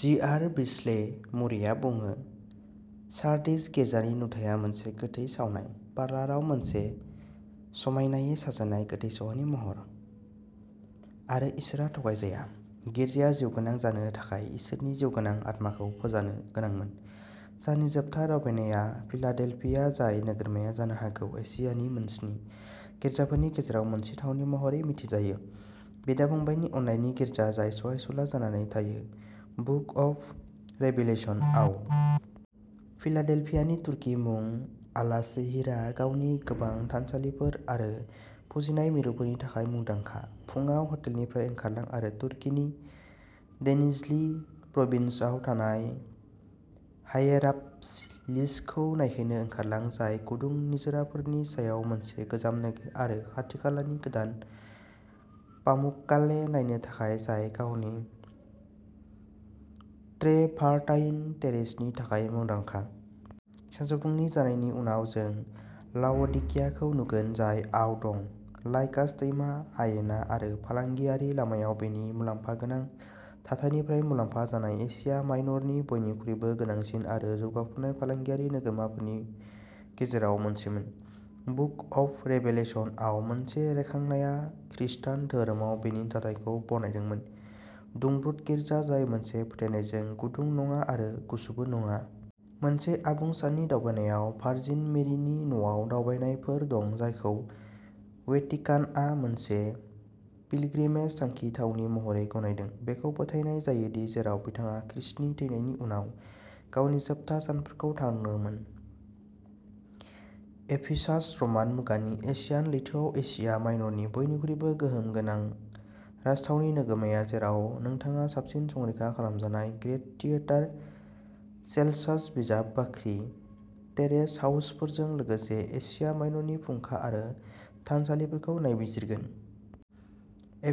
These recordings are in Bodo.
जि आर बिस्ले मुरेआ बुङो सार्डिस गिर्जानि नुथाया मोनसे गोथै सावनाय पार्लाराव मोनसे समायनायै साजायनाय गोथै सह'नि महर आरो इसोरआ थगायजाया। गिर्जाया जिउगोनां जानो थाखाय इसोरनि जिउगोनां आत्माखौ फोजानो गोनांमोन। साननि जोबथा दावबायनाया फिलाडेल्फिया जाय नोगोरमाया जानो हागौ एशियानि मोनस्नि गिर्जाफोरनि गेजेराव मोनसे थावनि महरै मिथिजायो बिदा फंबायनि अननायनि गिर्जा जाय सहायसुला जानानै थायो बुक अफ रेभिलेशन आव। फिलाडेल्फियानि तुर्की मुं आलासेहिरआ गावनि गोबां थानसालिफोर आरो फुजिनाय मिरुफोरनि थाखाय मुंदांखा। फुंआव हटेलनिफ्राय ओंखारलां आरो तुर्कीनि डेनिज्लि प्रभिन्सआव थानाय हायेरापलिसखौ नायहैनो ओंखारलां जाय गुदुं निजोराफोरनि सायाव मोनसे गोजाम नोगोर आरो खाथिखालानि गोदान पामुक्काले नायनो थाखाय जाय गावनि ट्रेभारटाइन टेरेसनि थाखाय मुंदांखा। सानजौफुनि जानायनि उनाव जों लाव'डिकियाखौ नुगोन जाय आव दं। लाइकास दैमा हायेना आरो फालांगियारि लामायाव बेनि मुलाम्फागोनां थाथायनिफ्राय मुलाम्फा जानाय एसिया माइनरनि बयनिख्रुइबो गोनांसिन आरो जौगाफुनाय फालांगियारि नोगोरमाफोरनि गेजेराव मोनसेमोन। बुक अफ रेभेलेशनआव मोनसे रायखांनाया खृस्टान धोरोमाव बेनि थाथायखौ बरनायदोंमोन दुंब्रुद'गिर्जा जाय मोनसे फोथायनायजों गुदुं नङा आरो गुसुबो नङा। मोनसे आबुं साननि दावबायनायाव भार्जिन मेरिनि न'आव दावबायनायफोर दं जायखौ वेटिकानआ मोनसे पिल्ग्रमेज थांखि थावनि महरै गनायदों बेखौ फोथायनाय जायो दि जेराव बिथाङा खृष्टनि थैनायनि उनाव गावनि जोबथा सानफोरखौ थादोंमोन। एफिसास रमान मुगानि एजियान लैथोआव एसिया माइनरनि बयनिख्रुइबो गोहोम गोनां राजथावनि नोगोरमा जेराव नोंथाङा साबसिन संरैखा खालामजानाय ग्रेत थियेटार सेल्सास बिजाब बाख्रि टेरेस हाउसफोरजों लोगोसे एसिया माइनरनि फुंखा आरो थानसालिफोरखौ नायबिजिरगोन।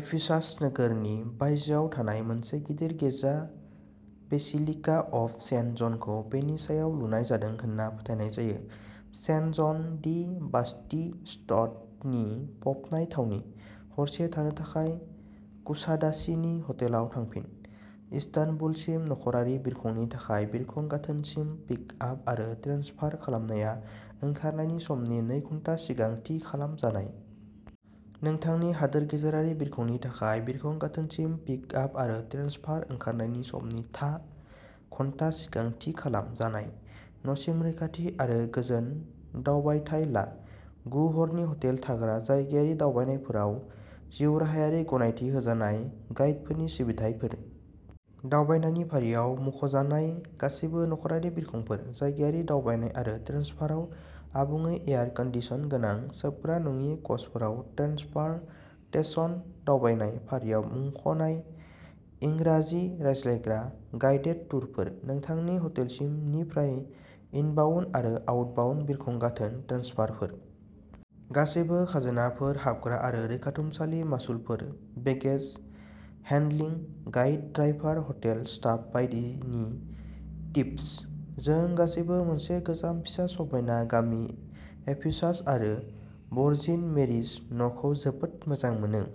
एफिसास नोगोरनि बायजोआव थानाय मोनसे गिदिर गिर्जा बेसिलिका अफ सेन्ट जनखौ बेनि सायाव लुनाय जादों होनना फोथायनाय जायो। सेन्ट जन दि बाप्तिस्तनि फबनाय थावनि। हरसे थानो थाखाय कुसादासिनि हटेलाव थांफिन। इस्तानबुलसिम नखरारि बिरखंनि थाखाय बिरखं गाथोनसिम पिकआप आरो ट्रेन्सफार खालामनाया ओंखारनायनि समनि नै घन्टा सिगां थि खालाम जानाय। नोंथांनि हादोर गेजेरारि बिरखंनि थाखाय बिरखं गाथोनसिम पिकआप आरो ट्रेन्सफारआ ओंखारनायनि समनि था घन्टा सिगां थि खालाम जानाय। न'सिम रैखाथि आरो गोजोन दावबायथाय ला। गु हरनि हटेल थाग्रा। जायगायारि दावबायनायफोराव जिउराहायारि गनायथि होजानाय गाइडफोरनि सिबिथाइफोर। दावबायनायनि फारियाव मुंख'जानाय गासैबो नखरारि बिरखंफोर। जायगायारि दावबायनाय आरो ट्रेन्सफाराव आबुङै एयार कन्डिसन गोनां सोबग्रा नङि कचफोराव ट्रेन्सपारतेसन। दावबायनाय फारियाव मुंख'नाय इंराजि रायज्लायग्रा गाइडेड टुरफोर। नोंथांनि हटेलसिम निफ्राय इनबाउन्ड आरो आउटबाउन्ड बिरखं गाथोन ट्रेन्सफारफोर। गासैबो खाजोनाफोर हाबग्रा आरो रैखाथुमसालि मासुलफोर baggage handling. Guide driver hotel staff बायदिनि टिप्स। जों गासैबो मोनसे गोजाम फिसा समायना गामि एफिसास आरो वर्जिन मेरिस न'खौ जोबोद मोजां मोनो।